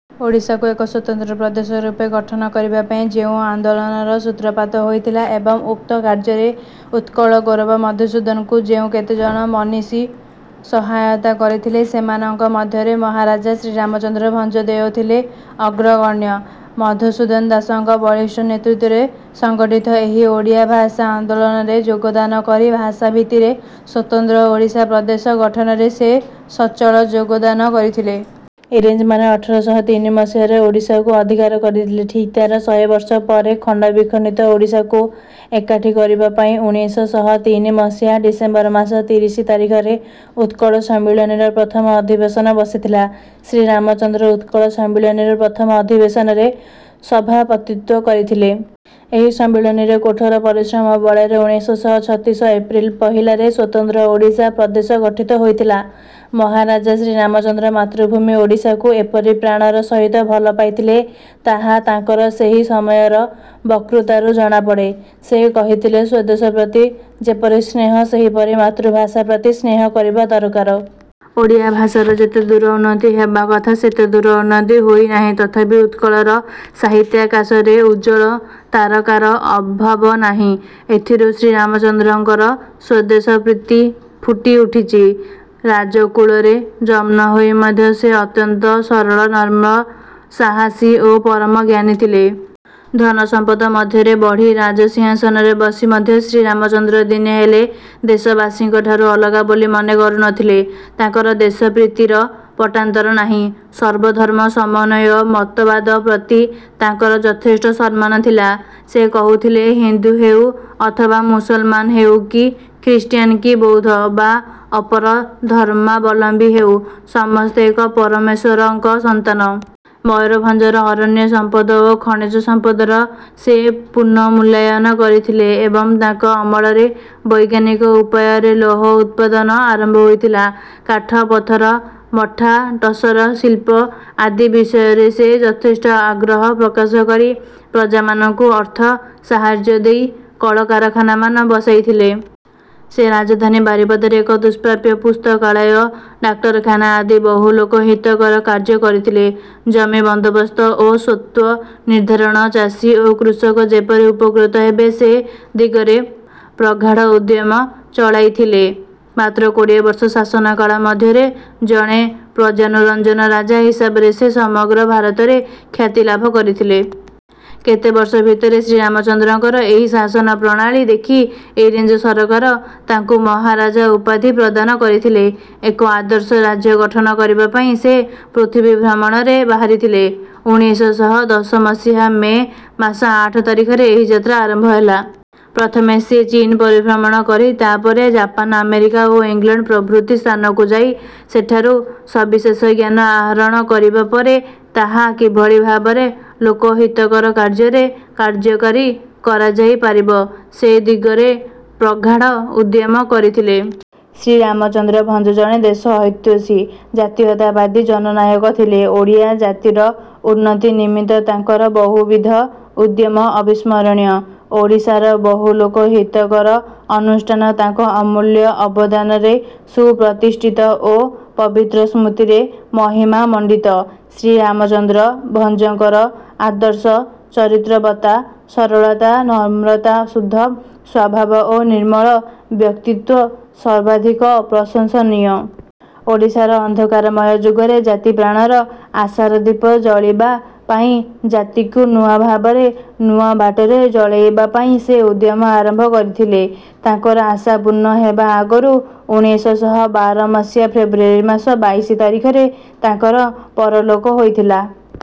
ଓଡ଼ିଶାକୁ ଏକ ସ୍ୱତନ୍ତ୍ର ପ୍ରଦେଶ ରୂପେ ଗଠନ କରିବା ପାଇଁ ଯେଉଁ ଆନ୍ଦୋଳନର ସୂତ୍ରପାତ ହୋଇଥିଲା ଏବଂ ଉକ୍ତ କାର୍ଯ୍ୟରେ ଉତ୍କଳଗୌରବ ମଧୁସୂଦନଙ୍କୁ ଯେଉଁ କେତେଜଣ ମନିଷୀ ସହାୟତା କରିଥିଲେ ସେମାନଙ୍କ ମଧ୍ୟରେ ମହାରାଜା ଶ୍ରୀରାମଚନ୍ଦ୍ର ଭଞ୍ଜଦେଓ ଥିଲେ ଅଗ୍ରଗଣ୍ୟ। ମଧୁସୂଦନ ଦାସଙ୍କ ବଳିଷ୍ଠ ନେତୃତ୍ୱରେ ସଂଗଠିତ ଏହି ଓଡ଼ିଆ ଭାଷା ଆନ୍ଦୋଳନରେ ଯୋଗଦାନ କରି ଭାଷା ଭିତ୍ତିରେ ସ୍ୱତନ୍ତ୍ର ଓଡ଼ିଶା ପ୍ରଦେଶ ଗଠନରେ ସେ ସଚଳ ଯୋଗଦାନ କରିଥିଲେ। ଇଂରେଜମାନେ ଅଠର ଶହ ତିନି ମସିହାରେ ଓଡ଼ିଶାକୁ ଅଧିକାର କରିଥିଲେ। ଠିକ୍ ତାର ଶହେବର୍ଷ ପରେ ଖଣ୍ଡ ବିଖଣ୍ଡିତ ଓଡ଼ିଶାକୁ ଏକାଠି କରିବା ପାଇଁ ଉଣେଇଶ ଶହ ତିନି ମସିହା ଡିସେମ୍ବର ମାସ ତିରିଶ ତାରିଖରେ ଉତ୍କଳ ସମ୍ମିଳନୀର ପ୍ରଥମ ଅଧିବେଶନ ବସିଥିଲା। ଶ୍ରୀରାମ ଚନ୍ଦ୍ର ଉତ୍କଳ ସମ୍ମିଳନୀର ପ୍ରଥମ ଅଧିବେଶନରେ ସଭାପତିତ୍ୱ କରିଥିଲେ। ଏହି ସମ୍ମିଳନୀର କଠୋର ପରିଶ୍ରମ ବଳରେ ଉଣେଇଶ ଶହ ଛତିଶ ଏପ୍ରିଲ ପହିଲାରେ ସ୍ୱତନ୍ତ୍ର ଓଡ଼ିଶା ପ୍ରଦେଶ ଗଠିତ ହୋଇଥିଲା। ମହାରାଜା ଶ୍ରୀରାମଚନ୍ଦ୍ର ମାତୃଭୂମି ଓଡ଼ିଶାକୁ ଏପରି ପ୍ରାଣର ସହିତ ଭଲ ପାଇଥିଲେ ତାହା ତାଙ୍କର ସେହି ସମୟର ବତ୍କୃତାରୁ ଜଣାପଡ଼େ। ସେ କହିଥିଲେ ସ୍ୱଦେଶ ପ୍ରତି ଯେପରି ସ୍ନେହ ସେହିପରି ଲୋମାତୃଭାଷା ପ୍ରତି ସ୍ନେହ କରିବା ଦରକାର। ଓଡ଼ିଆ ଭାଷାର ଯେତେ ଦୂର ଉନ୍ନତି ହେବା କଥା ସେତେ ଦୂର ଉନ୍ନତି ହୋଇ ନାହିଁ ତଥାପି ଉତ୍କଳର ସାହିତ୍ୟାକାଶରେ ଉଜ୍ଜଳ ତାରକାର ଅଭାବ ନାହିଁ। ଏଥିରୁ ଶ୍ରୀରାମଚନ୍ଦ୍ରଙ୍କର ସ୍ୱଦେଶ ପ୍ରୀତି ଫୁଟି ଉଠିଛି। ରାଜକୁଳରେ ଜନ୍ମ ହୋଇ ମଧ୍ୟ ସେ ଅତ୍ୟନ୍ତ ସରଳ ନମ୍ର ସାହସୀ ଓ ପରମ ଜ୍ଞାନୀ ଥିଲେ। ଧନସମ୍ପଦ ମଧ୍ୟରେ ବଢ଼ି ରାଜ ସିଂହାସନରେ ବସି ମଧ୍ୟ ଶ୍ରୀରାମଚନ୍ଦ୍ର ଦିନେ ହେଲେ ଦେଶବାସୀଙ୍କ ଠାରୁ ଅଲଗା ବୋଲି ମନେ କରୁନଥିଲେ। ତାଙ୍କର ଦେଶପ୍ରୀତିର ପଟ୍ଟାନ୍ତର ନାହିଁ। ସର୍ବଧର୍ମ ସମନ୍ୱୟ ମତବାଦ ପ୍ରତି ତାଙ୍କର ଯଥେଷ୍ଟ ସମ୍ମାନ ଥିଲା। ସେ କହୁଥିଲେ ହିନ୍ଦୁ ହେଉ ଅଥବା ମୁସଲମାନ ହେଉ କି ଖ୍ରୀଷ୍ଟିଆନ କି ବୌଦ୍ଧ ବା ଅପର ଧର୍ମାବଲମ୍ବୀ ହେଉ ସମସ୍ତେ ଏକ ପରମେଶ୍ୱରଙ୍କ ସନ୍ତାନ। ମୟୂରଭଞ୍ଜର ଅରଣ୍ୟ ସମ୍ପଦ ଓ ଖଣିଜ ସମ୍ପଦର ସେ ପୁନର୍ମୂଲ୍ୟାୟନ କରିଥିଲେ ଏବଂ ତାଙ୍କ ଅମଳରେ ବୈଜ୍ଞାନିକ ଉପାୟରେ ଲୌହ ଉତ୍ପାଦନ ଆରମ୍ଭ ହୋଇଥିଲା। କାଠ ପଥର ମଠା ଟସର ଶିଳ୍ପ ଆଦି ବିଷୟରେ ସେ ଯଥେଷ୍ଟ ଆଗ୍ରହ ପ୍ରକାଶ କରି ପ୍ରଜାମାନଙ୍କୁ ଅର୍ଥ ସାହାଯ୍ୟ ଦେଇ କଳକାରଖାନାମାନ ବସାଇଥିଲେ। ସେ ରାଜଧାନୀ ବାରିପଦାରେ ଏକ ଦୁଷ୍ପ୍ରାପ୍ୟ ପୁସ୍ତକାଳୟ ଡାକ୍ତରଖାନା ଆଦି ବହୁ ଲୋକ ହିତକର କାର୍ଯ୍ୟ କରିଥିଲେ। ଜମି ବନ୍ଦୋବସ୍ତ ଓ ସ୍ୱତ୍ତ୍ୱ ନିର୍ଦ୍ଧାରଣରେ ଚାଷୀ ଓ କୃଷକ ଯେପରି ଉପକୃତ ହେବେ ସେ ଦିଗରେ ପ୍ରଗାଢ଼ ଉଦ୍ୟମ ଚଳାଇଥିଲେ। ମାତ୍ର କୋଡ଼ିଏ ବର୍ଷ ଶାସନ କାଳ ମଧ୍ୟରେ ଜଣେ ପ୍ରଜାନୁରଞ୍ଜନ ରାଜା ହିସାବରେ ସେ ସମଗ୍ର ଭାରତରେ ଖ୍ୟାତିଲାଭ କରିଥିଲେ। କେତେ ବର୍ଷ ଭିତରେ ଶ୍ରୀରାମଚନ୍ଦ୍ରଙ୍କର ଏହି ଶାସନ ପ୍ରଣାଳୀ ଦେଖି ଇଂରେଜ ସରକାର ତାଙ୍କୁ ମହାରାଜା ଉପାଧି ପ୍ରଦାନ କରିଥିଲେ। ଏକ ଆଦର୍ଶ ରାଜ୍ୟ ଗଠନ କରିବା ପାଇଁ ସେ ପୃଥିବୀ ଭ୍ରମଣରେ ବାହାରିଥିଲେ। ଉଣେଇଶ ଶହ ଦଶ ମସିହା ମେ ମାସ ଆଠ ତାରିଖରେ ଏହି ଯାତ୍ରା ଆରମ୍ଭ ହେଲା। ପ୍ରଥମେ ସେ ଚୀନ ପରିଭ୍ରମଣ କରି ତାପରେ ଜାପାନ ଆମେରିକା ଓ ଇଂଲଣ୍ଡ ପ୍ରଭୃତି ସ୍ଥାନକୁ ଯାଇ ସେଠାରୁ ସବିଶେଷ ଜ୍ଞାନ ଆହରଣ କରିବା ପରେ ତାହା କିଭଳି ଭାବରେ ଲୋକ ହିତକର କାର୍ଯ୍ୟରେ କାର୍ଯ୍ୟକାରୀ କରାଯାଇ ପାରିବ ସେ ଦିଗରେ ପ୍ରଗାଢ଼ ଉଦ୍ୟମ କରିଥିଲେ। ଶ୍ରୀରାମଚନ୍ଦ୍ର ଭଞ୍ଜ ଜଣେ ଦେଶ ହିତୈଷୀ ଜାତୀୟତାବାଦୀ ଜନନାୟକ ଥିଲେ। ଓଡ଼ିଆ ଜାତିର ଉନ୍ନତି ନିମିତ୍ତ ତାଙ୍କର ବହୁବିଧ ଉଦ୍ୟମ ଅବିସ୍ମରଣୀୟ। ଓଡ଼ିଶାର ବହୁ ଲୋକ ହିତକର ଅନୁଷ୍ଠାନ ତାଙ୍କ ଅମୂଲ୍ୟ ଅବଦାନରେ ସୁପ୍ରତିଷ୍ଠିତ ଓ ପବିତ୍ର ସ୍ମୃତିରେ ମହିମାମଣ୍ଡିତ। ଶ୍ରୀରାମଚନ୍ଦ୍ର ଭଞ୍ଜଙ୍କର ଆଦର୍ଶ ଚରିତ୍ରବତ୍ତା ସରଳତା ନମ୍ରତା ଶୁଦ୍ଧ ସ୍ୱଭାବ ଓ ନିର୍ମଳ ବ୍ୟକ୍ତିତ୍ୱ ସର୍ବାଧିକ ପ୍ରଶଂସନୀୟ। ଓଡ଼ିଶାର ଅନ୍ଧକାରମୟ ଯୁଗରେ ଜାତି ପ୍ରାଣର ଆଶାର ଦୀପ ଜାଳିବା ପାଇଁ ଜାତିକୁ ନୂଆ ଭାବରେ ନୂଆ ବାଟରେ ଜଳେଇବା ପାଇଁ ସେ ଉଦ୍ୟମ ଆରମ୍ଭ କରିଥିଲେ। ତାଙ୍କର ଆଶା ପୂର୍ଣ୍ଣ ହେବା ଆଗରୁ ଉଣେଇଶ ଶହ ବାର ମସିହା ଫେବୃଆରୀ ମାସ ବାଇଶି ତାରିଖରେ ତାଙ୍କର ପରଲୋକ ହୋଇଥିଲା।